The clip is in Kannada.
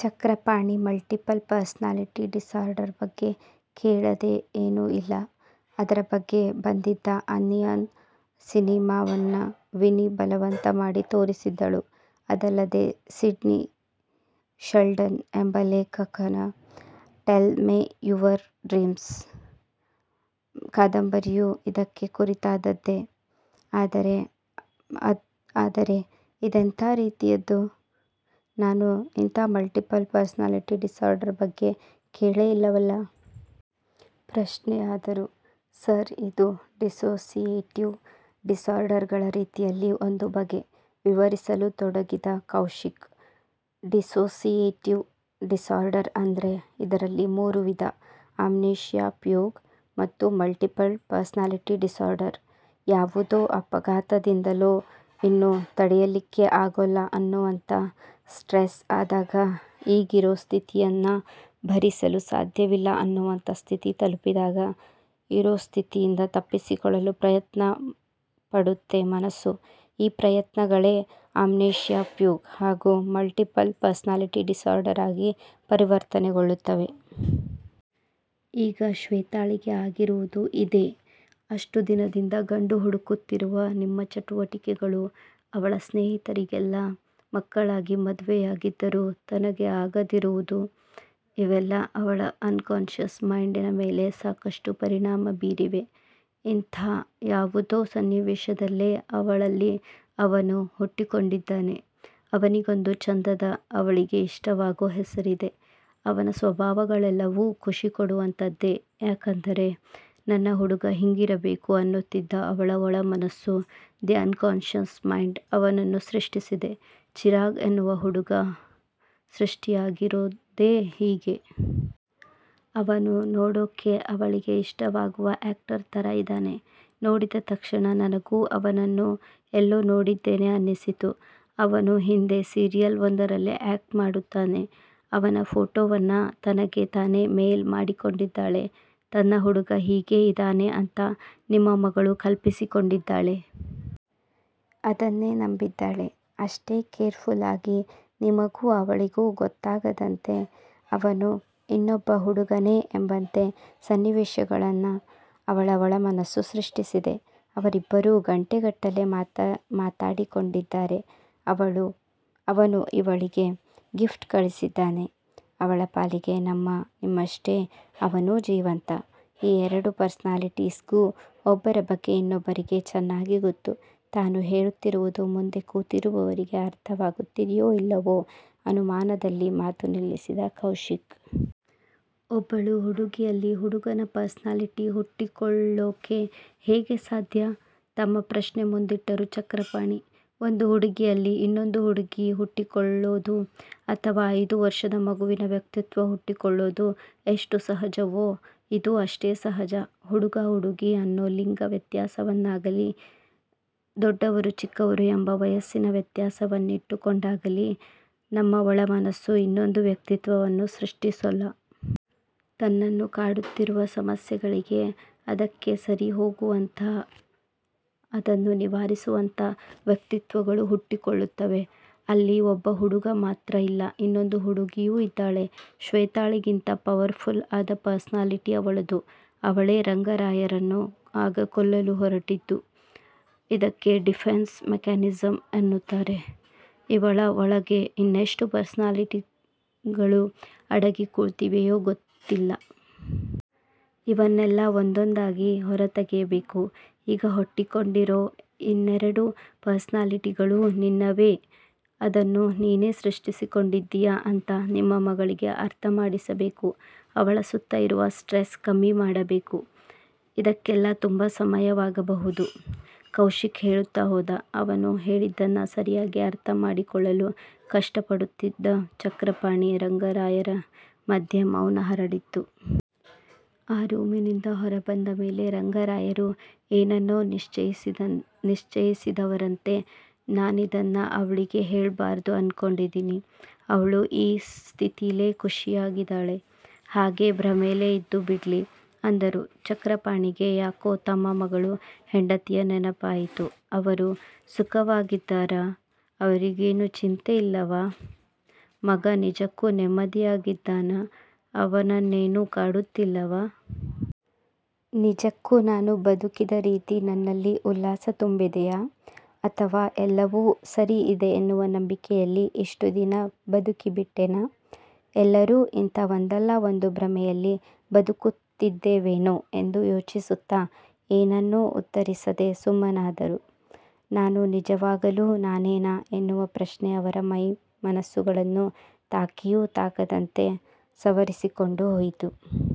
ಚಕ್ರಪಾಣಿ ಮಲ್ಟಿಪಲ್ ಪರ್ಸನಾಲಿಟಿ ಡಿಸಾರ್ಡರ್ ಬಗ್ಗೆ ಕೇಳದೆ ಏನೂ ಇಲ್ಲ, ಅದರ ಬಗ್ಗೆ ಬಂದಿದ್ದ ಅನ್ನಿಯನ್ ಸಿನಿಮಾವನ್ನ ವಿನಿ ಬಲವಂತ ಮಾಡಿ ತೋರಿಸಿದ್ದಳು, ಅದಲ್ಲದೆ ಸಿಡ್ನಿ ಶಲ್ಡನ್ ಎಂಬ ಲೇಖಕನ 'ಟೆಲ್ ಮೆ ಯುವರ್ ಡ್ರೀಮ್ಸ್' ಕಾದಂಬರಿಯೂ ಇದಕ್ಕೆ ಕುರಿತಾದದ್ದೇ.. ಆದರೆ? 'ಆದರೆ ಇದೆಂತಾ ರೀತಿಯದ್ದು, ನಾನು ಇಂಥಾ ಮಲ್ಟಿಪಲ್ ಪರ್ಸನಾಲಿಟಿ ಡಿಸಾರ್ಡರ್ ಬಗ್ಗೆ ಕೇಳೇ ಇಲ್ಲವಲ್ಲ? ಪ್ರಶ್ನೆಯಾದರು. ಸರ್ ಇದು ಡಿಸೋಸಿಯೇಟಿವ್ ಡಿಸಾರ್ಡಗಳ ರೀತಿಯಲ್ಲಿ ಒಂದು ಬಗೆ.. ವಿವರಿಸಲು ತೊಡಗಿದ ಕೌಶಿಕ್.. ಡಿಸೋಸಿಯೇಟಿವ್ ಡಿಸಾರ್ಡರ್ ಅಂದ್ರೆ ಇದರಲ್ಲಿ ಮೂರು ವಿಧ ಅಮ್ನೇಶ್ಯ ಫ್ಯೂಗ್ ಮತ್ತು ಮಲ್ಟಿಪಲ್ ಪರ್ಸನಾಲಿಟಿ ಡಿಸಾರ್ಡರ್. ಯಾವುದೋ ಆಘಾತದಿಂದಲೋ, ಇನ್ನು ತಡಿಯಲಿಕ್ಕೆ ಆಗೋಲ್ಲ ಅನ್ನೋವಂಥ ಸ್ಟ್ರೆಸ್ ಆದಾಗ, ಈಗಿರೋ ಸ್ಥಿತಿಯನ್ನ ಭರಿಸಲು ಸಾಧ್ಯವಿಲ್ಲ ಅನ್ನೋವಂಥ ಸ್ಥಿತಿ ತಲುಪಿದಾಗ ಇರೋಸ್ಥಿತಿಯಿಂದ ತಪ್ಪಿಸಿಕೊಳ್ಳಲು ಪ್ರಯತ್ನ ಪಡುತ್ತೆ ಮನಸ್ಸು, ಈ ಪ್ರಯತ್ನಗಳೇ ಅಮ್ನೇಶ್ಯ ಫ್ಯೂ ಗ್, ಹಾಗೂ ಮಲ್ಟಿಪಲ್ ಪರ್ಸನಾಲಿಟಿ ಡಿಸಾರ್ಡರ್ ಆಗಿ ಪರಿವರ್ತನೆ ಗೊಳ್ಳುತ್ತದೆ. ಈಗ ಶ್ವೇತಾಳಿಗೆ ಆಗಿರುವುದೂ ಇದೇ. ಅಷ್ಟು ದಿನದಿಂದ ಗಂಡು ಹುಡುಕುತ್ತಿರುವ ನಿಮ್ಮ ಚಟುವಟಿಕೆಗಳು, ಅವರ ಸ್ನೇಹಿತೆಯರಿಗೆಲ್ಲಾ ಮಕ್ಕಳಾಗಿ ಮದುವೆಯಾಗಿದ್ದರೂ ತನಗೆ ಆಗದಿರುವುದು, ಇವೆಲ್ಲಾ ಅವಳ ಅನ್ಕಾನ್ಶಸ್ ಮೈಂಡಿನ ಮೇಲೆ ಸಾಕಷ್ಟು ಪರಿಣಾಮ ಬೀರಿವೆ, ಇಂಥಾ ಯಾವುದೋ ಸನ್ನಿವೇಶದಲ್ಲೇ ಅವಳಲ್ಲಿ 'ಅವನು' ಹುಟ್ಟಿಕೊಂಡಿದ್ದಾನೆ. ಆವನಿಗೊಂದು ಚಂದದ ಅವಳಿಗೆ ಇಷ್ಟವಾಗೋ ಹೆಸರಿದೆ, ಅವನ ಸ್ವಭಾವಗಳೆಲ್ಲವೂ ಖುಷಿಕೊಡುವಂಥದ್ದೇ ಯಾಕೆಂದರೆ ನನ್ನ ಹುಡುಗ ಹಿಂಗಿರಬೇಕು ಅನ್ನುತ್ತಿದ್ದ ಅವಳ ಒಳ ಮನಸ್ಸು, 'ದಿ ಅನ್ ಕಾನ್ಶಸ್ ಮೈಂಡ್' ಅವನನ್ನು ಸೃಷ್ಟಿಸಿದೆ, ಚಿರಾಗ್ ಅನ್ನುವ ಹುಡುಗ ಸೃಷ್ಟಿಯಾಗಿರೋದೇ ಹೀಗೆ. ಅವನು ನೋಡೋಕ್ಕೆ ಅವಳಿಗೆ ಇಷ್ಟವಾಗುವ ಆಕ್ಟರ್ ಥರ ಇದಾನೆ, ನೋಡಿದ ತಕ್ಷಣ ನನಗೂ ಅವನನ್ನು ಎಲ್ಲೋ ನೋಡಿದ್ದೇನೆ ಅನ್ನಿಸಿತು ಅವನು ಹಿಂದಿ ಸೀರಿಯಲ್ ಒಂದರಲ್ಲಿ ಆಕ್ಟ್ ಮಾಡುತ್ತಾನೆ. ಅವನ ಫೋಟೋವನ್ನ ತನಗೆ ತಾನೇ ಮೈಲ್ ಮಾಡಿಕೊಂಡಿದ್ದಾಳೆ ತನ್ನ ಹುಡುಗ ಹೀಗೇ ಇದಾನೆ ಅಂತ ನಿಮ್ಮ ಮಗಳು ಕಲ್ಪಿಸಿಕೊಂಡಿದ್ದಾಳೆ. ಅದನ್ನೇ ನಂಬಿದ್ದಾಳೆ. ಅಶ್ಟೇ ಕೇರ್ಫುಲ್ ಆಗಿ ನಿಮಗೂ ಅವಳಿಗೂ ಗೊತ್ತಾಗದಂತೆ ಅವನು ಇನ್ನೊಬ್ಬ ಹುಡುಗನೇ ಎಂಬಂತೆ ಸನ್ನಿವೇಶಗಳನ್ನ ಅವಳ ಒಳ ಮನಸ್ಸು ಸೃಷ್ಟಿಸಿದೆ, ಅವರಿಬ್ಬರೂ ಗಂಟೆಗಟ್ಟಲೆ ಮಾತಾಡಿಕೊಂಡಿದ್ದಾರೆ. ಅವನು ಇವಳಿಗೆ ಗಿಫ್ಟ್ ಕಳಿಸಿದ್ದಾನೆ. ಅವಳ ಪಾಲಿಗೆ ನಮ್ಮ ನಿಮ್ಮಶ್ಟೇ ಅವನೂ ಜೀವಂತ. ಈ ಎರೆಡು ಪರ್ಸನಾಲಿಟೀಸ್ಗೂ ಒಬ್ಬರ ಬಗ್ಗೆ ಇನ್ನೊಬ್ಬರಿಗೆ ಚನ್ನಾಗಿ ಗೊತ್ತು-' ತಾನು ಹೇಳುತ್ತಿರುವುದು ಮುಂದೆ ಕೂತಿರುವವರಿಗೆ ಅರ್ಥವಾಗುತ್ತಿದೆಯೋ ಇಲ್ಲವೂ ಅನುಮಾನದಲ್ಲಿ ಮಾತು ನಿಲ್ಲಿಸಿದ ಕೌಶಿಕ್. ಒಬ್ಬಳು ಹುಡುಗಿಯಲ್ಲಿ ಹುಡುಗನ ಪರ್ಸನಾಲಿಟಿ ಹುಟ್ಟಿಕೊಳ್ಳೋಕ್ಕೆ ಹೇಗೆ ಸಾಧ್ಯ? ತಮ್ಮ ಪ್ರಶ್ನೆ ಮುಂದಿಟ್ಟರು ಚಕ್ರಪಾಣಿ. ಒಂದು ಹುಡುಗಿಯಲ್ಲಿ, ಇನ್ನೊಂದು ಹುಡುಗಿ ಹುಟ್ಟಿಕೊಳ್ಳೋದು, ಅಥವಾ ಐದು ವರ್ಶದ ಮಗುವಿನ ವ್ಯಕ್ತಿತ್ವ ಹುಟ್ಟಿಕೊಳ್ಳೋದು ಎಷ್ಟು ಸಹಜವೋ ಇದೂ ಅಷ್ಟೇ ಸಹಜ. ಹುಡುಗ ಹುಡುಗಿ ಅನ್ನೋ ಲಿಂಗ ವ್ಯತ್ಯಾಸವನ್ನಾಗಾಲಿ ದೊಡ್ಡವರು ಚಿಕ್ಕವರು ಎಂಬ ವಯಸ್ಸಿನ ವ್ಯತ್ಯಾಸವನ್ನಿಟ್ಟುಕೊಂಡಾಗಲೀ ನಮ್ಮ ಒಳ ಮನಸ್ಸು ಇನ್ನೊಂದು ವ್ಯಕ್ತಿತ್ವವನ್ನ ಸೃಷ್ಟಿಸೋಲ್ಲ. ತನ್ನನ್ನು ಕಾಡುತ್ತಿರುವ ಸಮಸ್ಯೆಗಳಿಗೆ, ಅದಕ್ಕೆ ಸರಿಹೋಗುವಂಥ ಅದನ್ನು ನಿವಾರಿಸುವಂಥ ವ್ಯಕ್ತಿತ್ವಗಳು ಹುಟ್ಟಿಕೊಳ್ಳುತ್ತವೆ. ಅಲ್ಲಿ ಒಬ್ಬ ಹುಡುಗ ಮಾತ್ರ ಇಲ್ಲ ಇನ್ನೊಂದು ಹುಡುಗಿಯೂ ಇದ್ದಾಳೆ, ಶ್ವೆತಾಳಿಗಿಂತ ಪವರ್ಫುಲ್ ಆದ ಪರ್ಸನಾಲಿಟಿ ಅವಳದು ಅವಳೇ ರಂಗರಾಯರನ್ನು ಆಗ ಕೊಲ್ಲಲು ಹೊರಟಿದ್ದು. ಇದಕ್ಕೆ ಡಿಫೆನ್ಸ್ ಮೆಕ್ಯಾನಿಸಮ್ ಅನ್ನುತ್ತಾರೆ. ಇವಳ ಒಳಗೆ ಇನ್ನೆಷ್ತು ಪರ್ಸನಾಲಿಟಿಗಾಳು ಅಡಗಿ ಕುಳಿತಿವೆಯೋ ಗೊತ್ತಿಲ್ಲಾ. ಅವನ್ನೆಲ್ಲಾ ಒಂದೊಂದಾಗಿ ಹೊರತೆಗೆಯಬೇಕು. 'ಈಗ ಹುಟ್ಟಿಕೊಂಡಿರೋ ಇನ್ನೆರೆಡು ಪರ್ಸನಾಲಿಟಿಗಳೂ ನಿನ್ನವೇ. ಅದನ್ನು ನೀನೇ ಸೃಷ್ಟಿಸಿಕೊಂಡಿದ್ದೀಯ' ಅಂತ ನಿಮ್ಮ ಮಗಳಿಗೆ ಅರ್ಥ ಮಾಡಿಸಬೇಕು, ಅವಳ ಸುತ್ತ ಇರುವ ಸ್ಟ್ರೆಸ್ ಕಮ್ಮಿ ಮಾಡಬೇಕು ಇದಕ್ಕೆಲ್ಲಾ ತುಂಬ ಸಮಯವಾಗಬಹುದು.. ಕೌಶಿಕ್ ಹೇಳುತ್ತಾ ಹೋದ, ಅವನು ಹೇಳಿದ್ದನ್ನ ಸರಿಯಾಗಿ ಅರ್ಥ ಮಾಡಿಕೊಳ್ಳಲು ಕಷ್ಟ ಪಡುತ್ತಿದ್ದ ಚಕ್ರಪಾಣಿ, ರಂಗರಾಯರ ಮಧ್ಯೆ ಮೌನ ಹರಡಿತ್ತು. ಆ ರೂಮಿನಿಂದ ಹೊರಬಂದ ಮೇಲೆ ರಂಗರಾಯರು ಏನನ್ನೋ ನಿಶ್ಚಯಿಸಿದವರಂತೆ 'ನಾನಿದನ್ನ ಅವ್ಳಿಗೆ ಹೇಳ್ಬಾರ್ದು ಅನ್ಕೊಂಡಿದಿನಿ. ಅವ್ಳು ಈ ಸ್ಥಿತಿಲೇ ಖುಷಿಯಾಗಿದಾಳೆ ಹಾಗೇ ಭ್ರಮೇಲೇ ಇದ್ದು ಬಿಡ್ಲಿ' ಅಂದರು. ಚಕ್ರಪಾಣಿಗೆ ಯಾಕೋ ತಮ್ಮ ಮಗಳು ಹೆಂಡತಿಯ ನೆನಪಾಯಿತು ಅವರು ಸುಖವಾಗಿದ್ದಾರ? ಅವರಿಗೇನು ಚಿಂತೆಯಿಲ್ಲವಾ? ಮಗ ನಿಜಕ್ಕೂ ನೆಮ್ಮದಿಯಾಗಿದ್ದಾನ ಅವನನ್ನೇನು ಕಾಡುತ್ತಿಲ್ಲವಾ? ನಿಜಕ್ಕೂ ನಾನು ಬದುಕಿದ ರೀತಿ ನನ್ನಲ್ಲಿ ಉಲ್ಲಾಸ ತುಂಬಿದೆಯಾ? ಅಥವಾ ಎಲ್ಲವೂ ಸರಿ ಇದೆ ಎನ್ನುವ ನಂಬಿಕೆಯಲ್ಲಿ ಇಷ್ಟು ದಿನ ಬದುಕಿಬಿಟ್ಟೆನಾ? ಎಲ್ಲಾರೂ ಇಂಥಾ ಒಂದಲ್ಲಾ ಒಂದು ಭ್ರಮೆಯಲ್ಲಿ ಬದುಕುತ್ತಿದ್ದೇವೇನೋ ಎಂದು ಯೋಚಿಸುತ್ತಾ ಏನನ್ನೂ ಉತ್ತರಿಸದೆ ಸುಮ್ಮನಾದರು. ನಾನು ನಿಜವಾಗಲೂ ನಾನೇನಾ ಅನ್ನುವ ಪ್ರಶ್ನೆ ಅವರ ಮೈಮನಸ್ಸುಗಳನ್ನು ತಾಗಿಯೂ ತಾಗದಂತೆ ಸವರಿಸಿಕೊಂಡು ಹೋಯಿತು.